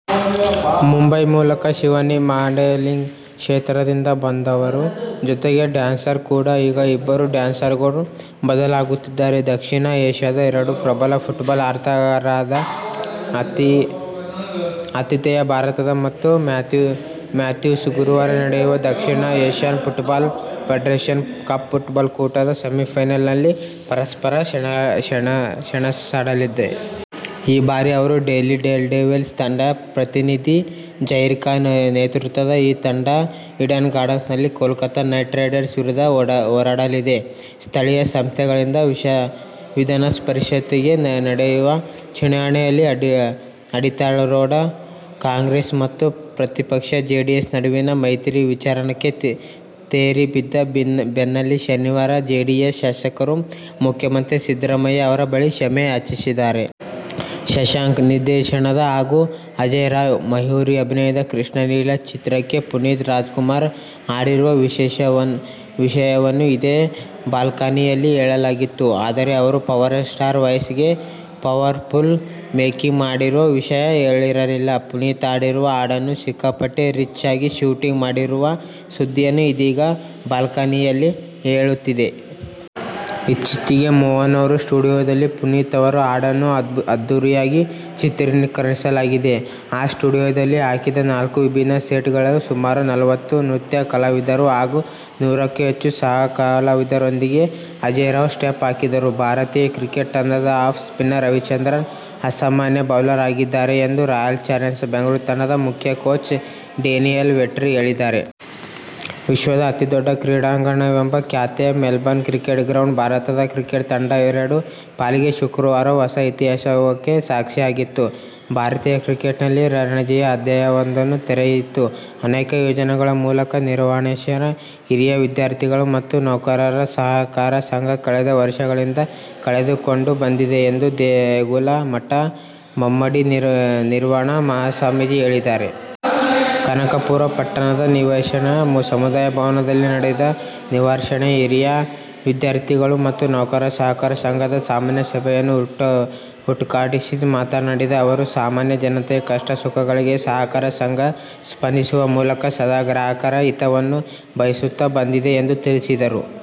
ಮುಂಬೈ ಮೂಲದ ಶಿವಾನಿ ಮಾಡೆಲಿಂಗ್ ಕ್ಷೇತ್ರದಿಂದ ಬಂದವರು. ಜೊತೆಗೆ ಡ್ಯಾನ್ಸರ್ ಕೂಡಾ. ಈಗ ಇಬ್ಬರು ಡ್ಯಾನ್ಸರ್ಗಳು ಒಂದಾಗುತ್ತಿದ್ದಾರೆ. ದಕ್ಷಿಣ ಏಶ್ಯದ ಎರಡು ಪ್ರಬಲ ಫುಟ್ಬಾಲ್ ರಾಷ್ಟ್ರಗಳಾದ ಆತಿ ಥೇಯ ಭಾರತ ಮತ್ತು ಮಾಲ್ದೀವ್ಸ್ ಗುರುವಾರ ನಡೆಯುವ ದಕ್ಷಿಣ Asian Football Federation Cup football ಕೂಟದ ಸೆಮಿಫೈನಲ್ನಲ್ಲಿ ಪರಸ್ಪರ ಸೆಣಸಾಡಲಿದೆ. ಈ ಬಾರಿ ಅವರು ಡೆಲ್ಲಿ ಡೇರ್ಡೆವಿಲ್ಸ್ ತಂಡದ ಪ್ರತಿನಿಧಿ. ಜಹೀರ್ ಖಾನ್ ನೇತೃತ್ವದ ಈ ತಂಡ "ಈಡನ್ ಗಾರ್ಡನ್ಸ್'ನಲ್ಲಿ ಕೋಲ್ಕತಾ ನೈಟ್ರೈಡರ್ ವಿರುದ್ಧ ಹೋರಾಡಲಿದೆ. ಸ್ಥಳೀಯ ಸಂಸ್ಥೆಗಳಿಂದ ವಿಧಾನಪರಿಷತ್ತಿಗೆ ನಡೆಯುವ ಚುನಾವಣೆಯಲ್ಲಿ ಆಡಳಿತಾರೂಢ ಕಾಂಗ್ರೆಸ್ ಮತ್ತು ಪ್ರತಿಪಕ್ಷ ಜೆಡಿಎಸ್ ನಡುವಿನ ಮೈತ್ರಿ ವಿಚಾರಕ್ಕೆ ತೆರೆ ಬಿದ್ದ ಬೆನ್ನಲ್ಲೇ ಶನಿವಾರ ಜೆಡಿಎಸ್ನ ಶಾಸಕರು ಮುಖ್ಯಮಂತ್ರಿ ಸಿದ್ದರಾಮಯ್ಯ ಅವರು ಬಳಿ ಕ್ಷಮೆ ಯಾಚಿಸಿದ್ದಾರೆ. ಶಶಾಂಕ್ ನಿರ್ದೇಶನದ ಹಾಗು ಅಜೇಯ್ ರಾವ್, ಮಯೂರಿ ಅಭಿನಯದ "ಕೃಷ್ಣಲೀಲ' ಚಿತ್ರಕ್ಕೆ ಪುನೀತ್ ರಾಜ್ಕುಮಾರ್ ಹಾಡಿರುವ ವಿಷಯವನ್ನು ಇದೇ ಬಾಲ್ಕನಿಯಲ್ಲಿ ಹೇಳಲಾಗಿತ್ತು. ಆದರೆ, ಅವರ "ಪವರ್ ವಾಯ್ಸ'ಗೆ ಪವರ್ಫುಲ್ ಮೇಕಿಂಗ್ ಮಾಡಿರೋ ವಿಷಯ ಹೇಳಿರಲಿಲ್ಲ. ಪುನೀತ್ ಹಾಡಿರುವ ಹಾಡನ್ನು ಸಿಕ್ಕಾಪಟ್ಟೆ ರಿಚ್ ಆಗಿ ಶೂಟಿಂಗ್ ಮಾಡಿರುವ ಸುದ್ದಿಯನ್ನು ಇದೀಗ ಬಾಲ್ಕನಿಯಲ್ಲಿ ಹೇಳುತ್ತಿದ್ದೇವೆ. ಇತ್ತೀಚೆಗೆ ಮೋಹನ್ ಅವರ ಸ್ಟುಡಿಯೋದಲ್ಲಿ ಪುನೀತ್ ಅವರ ಹಾಡನ್ನು ಅದ್ಧೂರಿಯಾಗಿ ಚಿತ್ರೀಕರಿಸಲಾಗಿದೆ. ಆ ಸ್ಟುಡಿಯೋದಲ್ಲಿ ಹಾಕಿದ್ದ ನಾಲ್ಕು ವಿಭಿನ್ನ ಸೆಟ್ಗಳಲ್ಲಿ ಸುಮಾರು ನಲವತ್ತು ನೃತ್ಯ ಕಲಾವಿದರು ಹಾಗು ನೂರಕ್ಕು ಹೆಚ್ಚು ಸಹಕಲಾವಿದರೊಂದಿಗೆ ಅಜೇಯ್ರಾವ್ ಸ್ಟೆಪ್ ಹಾಕಿದರು. ಭಾರತೀಯ ಕ್ರಿಕೆಟ್ ತಂಡದ ಆಫ್ ಸ್ಪಿನ್ನರ್ ಆರ್. ಅಶ್ವಿನ್ ಅಸಾಮಾನ್ಯ ಬೌಲರ್ ಆಗಿದ್ದಾರೆ ಎಂದು ರಾಯಲ್ ಚಾಲೆಂಜರ್ ಬೆಂಗಳೂರ್ ತಂಡದ ಮುಖ್ಯ ಕೋಚ್ ಡೇನಿಯಲ್ ವೆಟರಿ ಹೇಳಿದ್ದಾರೆ. ವಿಶ್ವದ ಅತಿ ದೊಡ್ಡ ಕ್ರೀಡಾಂಗಣವೆಂಬ ಖ್ಯಾತಿಯ "ಮೆಲ್ಬರ್ನ್ ಕ್ರಿಕೆಟ್ ಗ್ರೌಂಡ್' ಭಾರತದ ಕ್ರಿಕೆಟ್ ತಂಡಗಳೆಡರ ಪಾಲಿಗೆ ಶುಕ್ರವಾರ ಹೊಸ ಇತಿಹಾಸವೊಂದಕ್ಕೆ ಸಾಕ್ಷಿಯಾಯಿತು. ಭಾರತೀಯ ಕ್ರಿಕೆಟ್ನಲ್ಲಿ ರಂಜನೀಯ ಅಧ್ಯಾಯವೊಂದನ್ನು ತೆರೆಯಿತು. ಅನೇಕ ಯೋಜನೆಗಳ ಮೂಲಕ ನಿರ್ವಾಣೇಶ್ವರ ಹಿರಿಯ ವಿದ್ಯಾರ್ಥಿಗಳ ಮತ್ತು ನೌಕರರ ಸಹಕಾರ ಸಂಘ ಕಳೆದ ವರ್ಷಗಳಿಂದ ನಡೆದುಕೊಂಡು ಬಂದಿದೆ ಎಂದು ದೇಗುಲ ಮಠದ ಮುಮ್ಮಡಿ ನಿರ್ವಾಣ ಮಹಾಸ್ವಾಮೀಜಿ ಹೇಳಿದ್ದಾರೆ. ಕನಕಪುರ ಪಟ್ಟಣದ ನಿರ್ವಾಣೇಶ್ವರ ಸಮುದಾಯ ಭವನದಲ್ಲಿ ನಡೆದ ನಿರ್ವಾಣೇಶ್ವರ ಹಿರಿಯ ವಿದ್ಯಾರ್ಥಿಗಳ ಮತ್ತು ನೌಕರರ ಸಹಕಾರ ಸಂಘದ ಸಾಮಾನ್ಯ ಸಭೆಯನ್ನು ಉದ್ಘಾಟಿಸಿ ಮಾತನಾಡಿದ ಅವರು, ಸಾಮಾನ್ಯ ಜನತೆಯ ಕಷ್ಟ ಸುಖಗಳಿಗೆ ಸಹಕಾರ ಸಂಘ ಸ್ಪಂದಿಸುವ ಮೂಲಕ ಸದಾ ಗ್ರಾಹಕರ ಹಿತವನ್ನು ಬಯಸುತ್ತಾ ಬಂದಿದೆ ಎಂದು ತಿಳಿಸಿದರು.